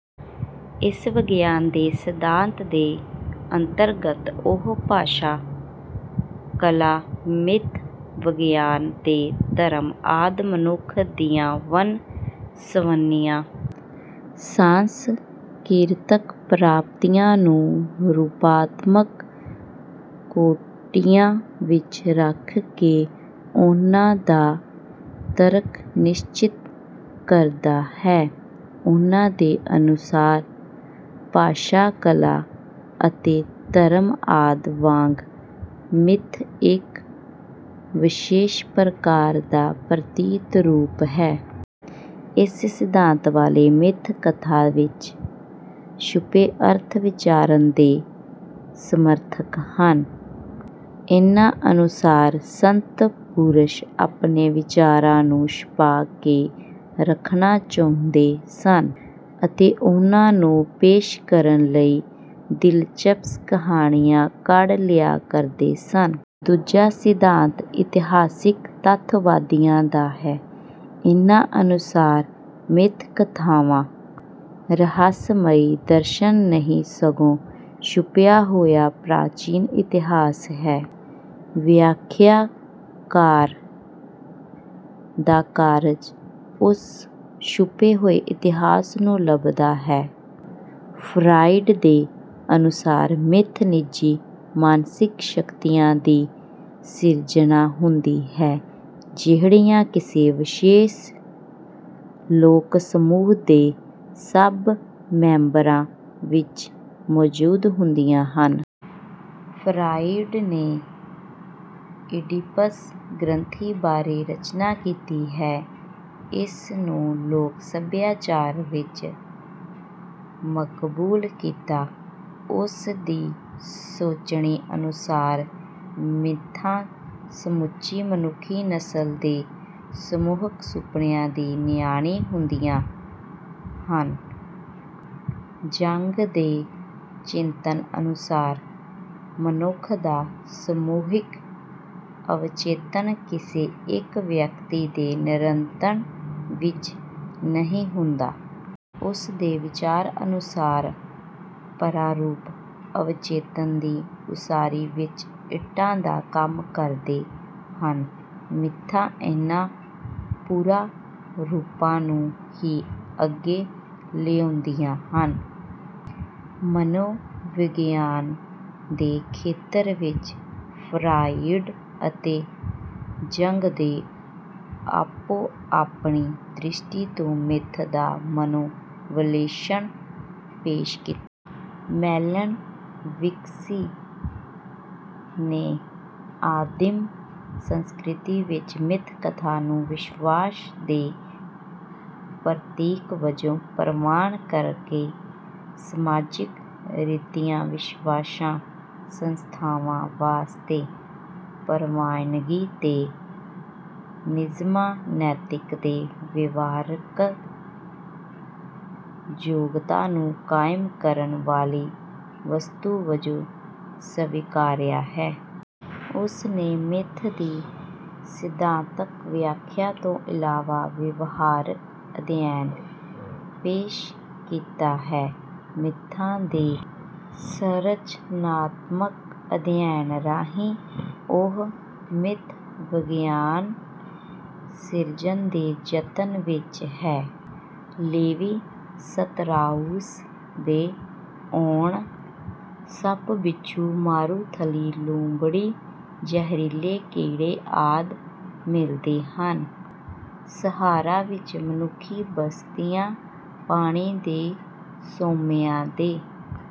ਇਸ ਵਗਿਆਨ ਦੇ ਸਿਧਾਂਤ ਦੇ ਅੰਤਰਗਤ ਉਹ ਭਾਸ਼ਾ ਕਲਾ ਮਿੱਥ ਵਿਗਿਆਨ ਤੇ ਧਰਮ ਆਦਿ ਮਨੁੱਖ ਦੀਆਂ ਵੰਨ ਸੁਵੰਨੀਆਂ ਸਾਂਸਕ੍ਰਿਤਕ ਪ੍ਰਾਪਤੀਆਂ ਨੂੰ ਰੂਪਾਤਮਕ ਕੋਟੀਆਂ ਵਿੱਚ ਰੱਖ ਕੇ ਉਨ੍ਹਾਂ ਦਾ ਤਰਕ ਨਿਸ਼ਚਿਤ ਕਰਦਾ ਹੈ। ਉਨ੍ਹਾਂ ਦੇ ਅਨੁਸਾਰ ਭਾਸ਼ਾ ਕਲਾ ਅਤੇ ਧਰਮ ਆਦਿ ਵਾਂਗ ਮਿੱਥ ਇੱਕ ਵਿਸ਼ੇਸ਼ ਪ੍ਰਕਾਰ ਦਾ ਪ੍ਰਤੀਤ ਰੂਪ ਹੈ। ਇਸ ਸਿਧਾਂਤ ਵਾਲੇ ਮਿੱਥ ਕਥਾ ਵਿੱਚ ਛੁਪੇ ਅਰਥ ਵਿਚਾਰਣ ਦੇ ਸਮਰਥਕ ਹਨ। ਇਨ੍ਹਾਂ ਅਨੁਸਾਰ ਸੰਤ ਪੁਰਸ਼ ਆਪਣੇ ਵਿਚਾਰਾਂ ਨੂੰ ਛੁਪਾ ਕੇ ਰੱਖਣਾ ਚਾਹੁੰਦੇ ਸਨ ਅਤੇ ਉਨ੍ਹਾਂ ਨੂੰ ਪੇਸ਼ ਕਰਨ ਲਈ ਦਿਲਚਪਸ ਕਹਾਣੀਆਂ ਘੜ ਲਿਆ ਕਰਦੇ ਸਨ। ਦੂਜਾ ਸਿਧਾਂਤ ਇਤਿਹਾਸਕ ਤੱਥਵਾਦੀਆਂ ਦਾ ਹੈ। ਇਨ੍ਹਾਂ ਅਨੁਸਾਰ ਮਿੱਥ ਕਥਾਵਾਂ ਰਹੱਸਮਈ ਦਰਸ਼ਨ ਨਹੀਂ ਸਗੋਂ ਛੁਪਿਆ ਹੋਇਆ ਪ੍ਰਾਚੀਨ ਇਤਿਹਾਸ ਹੈ। ਵਿਆਖਿਆਕਾਰ ਦਾ ਕਾਰਜ ਉਸ ਛੁਪੇ ਹੋਏ ਇਤਿਹਾਸ ਨੂੰ ਲੱਭਦਾ ਹੈ। ਫਰਾਇਡ ਦੇ ਅਨੁਸਾਰ ਮਿੱਥ ਨਿੱਜੀ ਮਾਨਸਿਕ ਸ਼ਕਤੀਆਂ ਦੀ ਸਿਰਜਣਾ ਹੁੰਦੀ ਹੈ ਜਿਹੜੀਆਂ ਕਿਸੇ ਵਿਸ਼ੇਸ਼ ਲੋਕ ਸਮੂਹ ਦੇ ਸਭ ਮੈਂਬਰਾਂ ਵਿੱਚ ਮੌਜੂਦ ਹੁੰਦੀਆਂ ਹਨ। ਫਰਾਇਡ ਨੇ ਇਡੀਪਸ ਗ੍ਰੰਥੀ ਬਾਰੇ ਰਚਨਾ ਕੀਤੀ ਹੈ। ਇਸ ਨੂੰ ਲੋਕ ਸਭਿਆਚਾਰ ਵਿੱਚ ਮਕਬੂਲ ਕੀਤਾ। ਉਸ ਦੀ ਸੋਚਣੀ ਅਨੁਸਾਰ ਮਿੱਥਾਂ ਸਮੁੱਚੀ ਮਨੁੱਖੀ ਨਸਲ ਦੇ ਸਮੂਹਿਕ ਸੁਪਨਿਆਂ ਦੀ ਨਿਆਈ ਹੁੰਦੀਆਂ ਹਨ। ਜੰਗ ਦੇ ਚਿੰਤਨ ਅਨੁਸਾਰ ਮਨੁੱਖ ਦਾ ਸਮੂਹਿਕ ਅਵਚੇਤਨ ਕਿਸੇ ਇੱਕ ਵਿਅਕਤੀ ਦੇ ਨਿਯੰਤਰਣ ਵਿੱਚ ਨਹੀਂ ਹੁੰਦਾ। ਉਸ ਦੇ ਵਿਚਾਰ ਅਨੁਸਾਰ ਪਰਾ ਰੂਪ ਅਵਚੇਤਨ ਦੀ ਉਸਾਰੀ ਵਿੱਚ ਇੱਟਾਂ ਦਾ ਕੰਮ ਕਰਦੇ ਹਨ। ਮਿੱਥਾਂ ਇਨ੍ਹਾਂ ਪੁਰਾ ਰੂਪਾਂ ਨੂੰ ਹੀ ਅੱਗੇ ਲਿਆਉਂਦੀਆਂ ਹਨ। ਮਨੋ ਵਿਗਿਆਨ ਦੇ ਖੇਤਰ ਵਿੱਚ ਫਰਾਇਡ ਅਤੇ ਯੁੰਗ ਨੇ ਆਪੋ ਆਪਣੀ ਦ੍ਰਿਸ਼ਟੀ ਤੋਂ ਮਿੱਥ ਦਾ ਮਨੋ ਵਿਸ਼ਲੇਸ਼ਣ ਪੇਸ਼ ਕੀਤਾ। ਮੈਲਿਨਵਸਕੀ ਨੇ ਆਦਿਮ ਸੰਸਕ੍ਰਿਤੀ ਵਿੱਚ ਮਿੱਥ ਕਥਾ ਨੂੰ ਵਿਸ਼ਵਾਸ ਦੇ ਪ੍ਰਤੀਕ ਵਜੋਂ ਪ੍ਰਵਾਨ ਕਰ ਕੇ ਸਮਾਜਿਕ ਰੀਤੀਆਂ ਵਿਸ਼ਵਾਸਾਂ ਸੰਸਥਾਵਾਂ ਵਾਸਤੇ ਪ੍ਰਵਾਨਗੀ ਦੇ ਨਿਯਮਾਂ ਨੈਤਿਕ ਤੇ ਵਿਵਹਾਰਕ ਯੋਗਤਾ ਨੂੰ ਕਾਇਮ ਕਰਨ ਵਾਲੀ ਵਸਤੂ ਵਜੋਂ ਸਵੀਕਾਰਿਆ ਹੈ। ਉਸ ਨੇ ਮਿੱਥ ਦੀ ਸਿਧਾਂਤਕ ਵਿਆਖਿਆ ਤੋਂ ਇਲਾਵਾ ਵਿਵਹਾਰਕ ਅਧਿਐਨ ਪੇਸ਼ ਕੀਤਾ ਹੈ। ਮਿੱਥਾਂ ਦੇ ਸੰਰਚਨਾਤਮਕ ਅਧਿਐਨ ਰਾਹੀਂ ਉਹ ਮਿੱਥ ਵਿਗਿਆਨ ਸਿਰਜਣ ਦੇ ਯਤਨ ਵਿੱਚ ਹੈ। ਲੇਵੀ ਸਤ੍ਰਾਉਸ ਦੇ ਆਉਣ। ਸੱਪ ਬਿੱਛੂ ਮਾਰੂਥਲੀ ਲੂੰਬੜੀ ਜ਼ਹਿਰੀਲੇ ਕੀੜੇ ਆਦਿ ਮਿਲਦੇ ਹਨ। ਸਹਾਰਾ ਵਿੱਚ ਮਨੁੱਖੀ ਬਸਤੀਆਂ ਪਾਣੀ ਦੇ ਸੋਮਿਆਂ ਦੇ